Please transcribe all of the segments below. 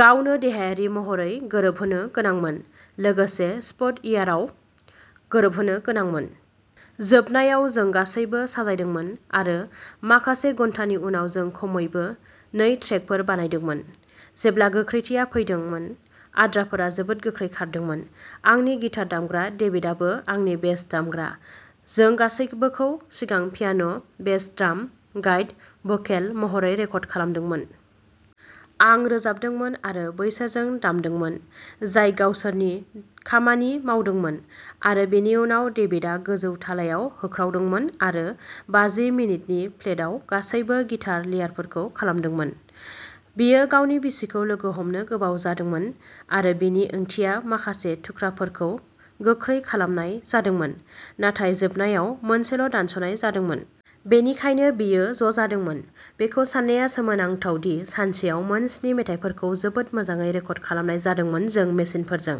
गावनो देहायारि महरै गोरोबहोनो गोनांमोन, लोगोसे सफ्टवेयारआव गोरोबहोनो गोनांमोन। जोबनायाव जों गासैबो साजायदोंमोन, आरो माखासे घन्टानि उनाव जों खमैबो नै ट्रेकफोर बानायदोंमोन। जेब्ला गोख्रैथिया फैदोंमोन, आद्राफोरा जोबोद गोख्रै खारदोंमोन। आंनि गिटार दामग्रा डेभिडआबो आंनि बेस दामग्रा, जों गासैबोखौ सिगां piano' bass drum guitar vocal महरै रेकर्ड खालामदोंमोन। आं रोजाबदोंमोन आरो बैसोरजों दामदोंमोन, जाय गावसोरनि खामानि मावदोंमोन। आरो बेनि उनाव डेभिडआ गोजौ थालायाव होख्रावदोंमोन आरो बाजि मिनिटनि फ्लेटआव गासिबो गिटार लेयारफोरखौ खालामदोंमोन। बियो गावनि बिसिखौ लोगो हमनो गोबाव जादोंमोन, आरो बेनि ओंथिया माखासे थुख्राफोरखौ गोख्रै खालामनाय जादोंमोन, नाथाय जोबनायाव मोनसेल' दानस'नाय जादोंमोन। बेनिखायनो बेयो ज' जादोंमोन। बेखौ साननाया सोमोनांथाव दि सानसेआव मोन स्नि मेथाइफोरखौ जोबोद मोजाङै रेकर्ड खालामनाय जादोंमोन जों मेसिनफोरजों।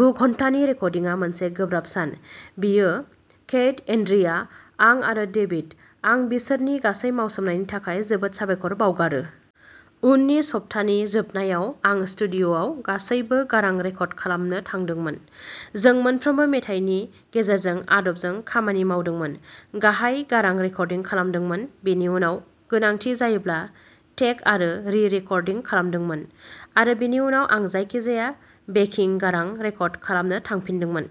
गु घन्टानि रेकर्डिंआ मोनसे गोब्राब सान। बियो केइथ, एन्ड्रिया।, आं आरो डेभिड। आं बिसोरनि गासै मावसोमनायनि थाखाय जोबोद साबायखर बावगारो। उननि सप्तानि जोबनायाव आं स्टुडिय'आव गासैबो गारां रेकर्ड खालामनो थांदोंमोन। जों मोनफ्रोमबो मेथाइनि गेजेरजों आदबजों खामानि मावदोंमोन, गाहाय गारां रेकर्डिं खालामदोंमोन, बेनि उनाव गोनांथि जायोब्ला टेक आरो रि-रेकर्डिं खोनादोंमोन, आरो बेनि उनाव आं जायखिजाया बेकिं गारां रेकर्ड खालामनो थांफिनदोंमोन।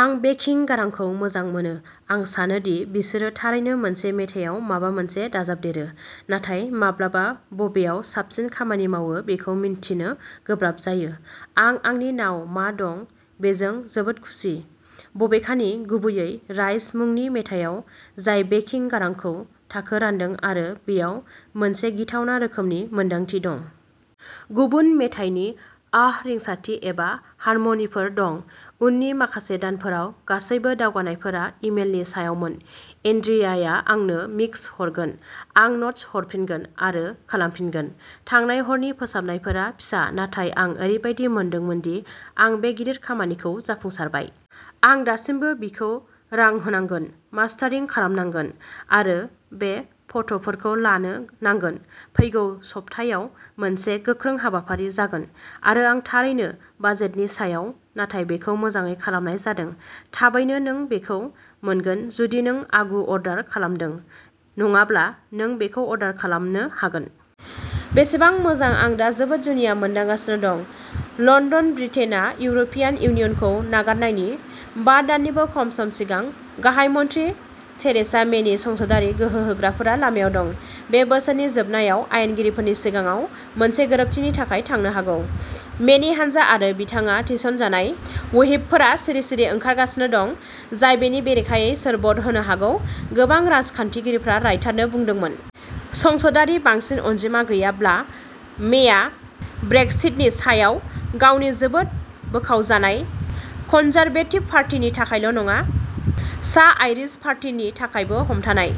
आं बेकिं गारांखौ मोजां मोनो-आं सानो दि बिसोरो थारैनो मोनसे मेथायाव माबा मोनसे दाजाबदेरो, नाथाय माब्लाबा बबेयाव साबसिन खामानि मावो बेखौ मिन्थिनो गोब्राब जायो। आं आंनि नाव मा दं बेजों जोबोद खुसि, बबेखानि, गुबैयै राइज मुंनि मेथायाव, जाय बेकिं गारांखौ थाखो रानदों आरो बेयाव मोनसे गिथावना रोखोमनि मोनदांथि दं। गुबुन मेथाइनि आह रिंसारथि एबा हारमनिफोर दं। उननि माखासे दानफोराव गासैबो दावगानायफोरा इमेलनि सायावमोन एन्ड्रियाया आंनो मिक्स हरगोन, आं न'ट्स हरफिनगोन, आरो खालामफिनगोन। थांनाय हरनि फोसाबनायफोरा फिसा, नाथाय आं ओरैबायदि मोनदोंमोन दि आं बे गिदिर खामानिखौ जाफुंसारबाय। आं दासिमबो बिखौ रां होनांगोन, मास्टारिं खालामनांगोन, आरो बे फट'फोरखौ लानो नांगोन फैगौ सप्तायाव मोनसे गोख्रों हाबाफारि जागोन। आरो आं थारैनो बाजेटनि सायाव, नाथाय बेखौ मोजाङै खालामनाय जादों। थाबैनो नों बेखौ मोनगोन जुदि नों आगु अर्डार खालामदों, नङाब्ला नों बेखौ अर्डार खालामनो हागोन। बेसेबां मोजां आं दा जोबोद जुनिया मोनदांगासिनो दं। लन्दन -ब्रिटेनआ इउर'पियान इउनियनखौ नागारनायनि बा दाननिबो खम सम सिगां, गाहाय मन्थ्रि थेरेसा मेनि संसदारि गोहो होग्राफोरा लामायाव दं। बे बोसोरनि जोबनायाव आयेनगिरिफोरनि सिगाङाव मोनसे गोरोबथिनि थाखाय थांनो हागौ, मेनि हानजा आरो बिथाङा थिसनजानाय व्हिपफोरा सिरि-सिरि ओंखारगासिनो दं, जाय बेनि बेरेखायै सोर भ'ट होनो हागौ, गोबां राजखान्थिगिरिफोरा रायटारनो बुंदोंमोन। संसदारि बांसिन अनजिमा गैयाब्ला, मेया ब्रेक्सिटनि सायाव गावनि जोबोद बोखावजानाय कन्जारभेटिभ पार्टिनि थाखायल' नङा, सा-आइरिश पार्टिनि थाखायबो हमथानाय।